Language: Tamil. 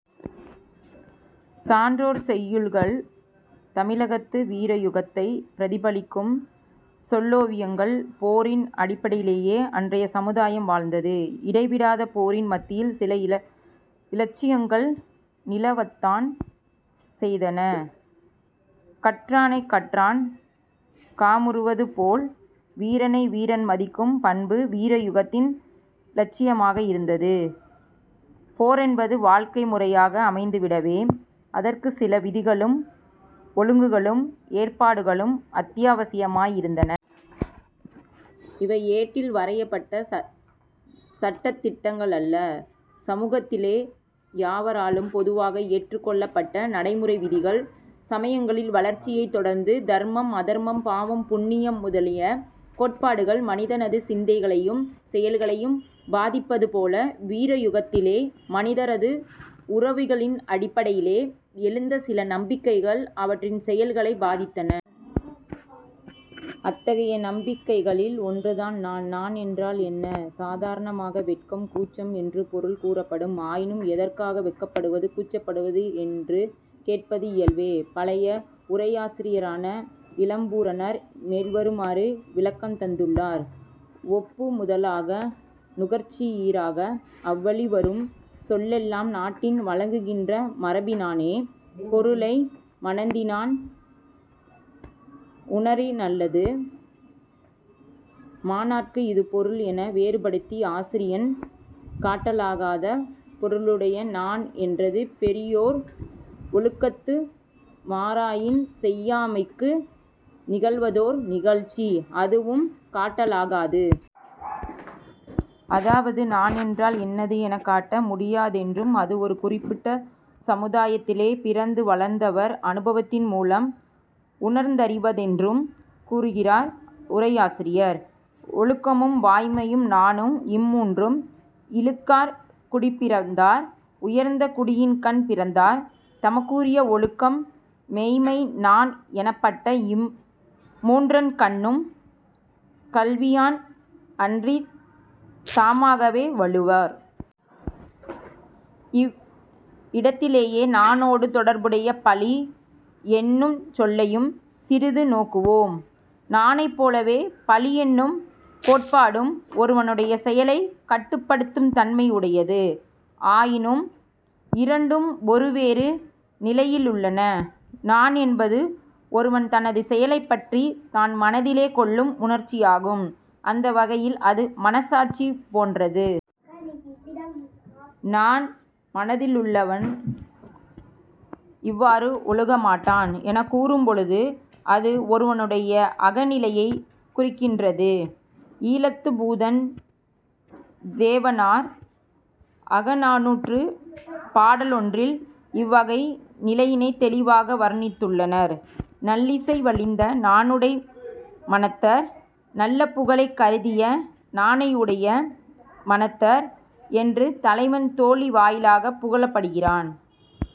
" சான்றோர் செய்யுட்கள் தமிழகத்து வீரயுகத்தை பிரதிபலிக்கும் சொல்லோவியங்கள். போரின் அடிப்படையிலேயே அன்றைய சமுதாயம் வாழ்ந்தது. இடைவிடாத போரின் மத்தியில் சில இலட்சியங்கள் நிலவத்தான் செய்தன. கற்றானைக் கற்றான் காமுறுவதுபோல் வீரனை வீரன் மதிக்கும் பண்பு வீரயுகத்தின் இலட்சியமாக இருந்தது. போரென்பது வாழ்க்கை முறையாக அமைந்துவிடவே அதற்குச் சில விதிகளும், ஒழுங்குகளும், ஏற்பாடுகளும், அத்தியாவசியமாயிருந்தன. இவை ஏட்டில் வரையப்பட்ட சட்டதிட்டங்களல்ல. சமூகத்திலே யாவராலும் பொதுவாக ஏற்றுக்கொள்ளப்பட்ட நடைமுறை விதிகள். சமயங்களின் வளர்ச்சியைத் தொடர்ந்து தர்மம், அதர்மம், பாவம், புண்ணியம் முதலிய கோட்பாடுகள் மனிதனது சிந்தகளையும், செயல்களையும் பாதிப்பது போல வீரயுகத்திலே மனிதரது உறவுகளினடிப்படையிலே எழுந்த சில நம்பிக்கைகள் அவர்களின் செயல்களைப் பாதித்தன. அத்தகைய நம்பிக்கைகளில் ஒன்றுதான் நாண். நாண் என்றால் என்ன? சாதாரணமாக வெட்கம், கூச்சம் என்று பொருள் கூறப்படும். ஆயினும் எதற்காக, வெட்கப்படுவது, கூச்சப்படுவது என்று கேட்பது இயல்பே. பழைய உரையாசிரியரான இளம்பூரணர் மேல்வருமாறு விளக்கந் தந்துள்ளார். "ஒப்பு முதலாக நுகர்ச்சியீறாக அவ்வழிவரும் சொல்லெல்லாம் நாட்டின் வழங்குகின்ற மரபினானே பொருளை மனத்தினான் உணரினல்லது மாணார்க்கு இது பொருள் என வேறுபடுத்தி ஆசிரியன் காட்டலாகாத பொருளுடைய 'நாண்' என்றது பெரியோர் ஒழுக்கத்து மாறாயின் செய்யாமைக்கு நிகழ்வதோர் நிகழ்ச்சி; அதுவும் காட்டலாகாது. " அதாவது நாண் என்றால் இன்னது எனக் காட்ட முடியாதென்றும், அது ஒரு குறிப்பிட்ட சமுதாயத்திலே பிறந்து வளர்ந்தவர் அனுபவத்தின் மூலம் உணர்ந்தறிவதென்றும் கூறுகின்றார், உரையாசிரியர். "ஒழுக்கமும், வாய்மையும், நாணும் இம்மூன்றும் இழுக்கார் குடிப்பிறந்தார். "உயர்ந்த குடியின்கண் பிறந்தார் தமக்குரிய ஒழுக்கம், மெய்மை, நாண் எனப்பட்ட இம்மூன்றன் கண்ணும் கல்வியான் அன்றித் தா மாகவே வழுவார். " இவ்விடத்திலேயே நாணோடு தொடர்புடைய பழி என்னுஞ் சொல்லையும் சிறிது நோக்குவோம். நாணைப் போலவே பழியென்னும் கோட்பாடும் ஒருவனுடைய செயளைக் கட்டுப்படுத்துந் தன்மை யுடையது. ஆயினும் இரண்டும் ஒருவேறு நிலையிலுள்ளன. நாண் என்பது ஒருவன் தனது செயலைப் பற்றித் தான் மனத்திலே கொள்ளும் உணர்ச்சியாகும். அந்த வகையில் அது மனச்சாட்சி போன்றது. நாண் மனத்திலுள்ளவன் இவ்வாறு ஒழுகமாட்டான் எனக் கூறும் பொழுது அது ஒருவனுடைய அக நிலையைக் குறிக்கின்றது. ஈழத்துப் பூதன் தேவனார் அகநானூற்றுப் பாடலொன்றில் இவ்வகை நிலையினைத் தௌிவாக வர்ணித்துள்ளனர். "நல்லிசை வலித்த நாணுடை மனத்தர்" 'நல்ல புகழைக் கருதிய நாணையுடைய மனத்தர்' என்று தலைவன் தோழி வாயிலாகப் புகழப்படுகிறான்.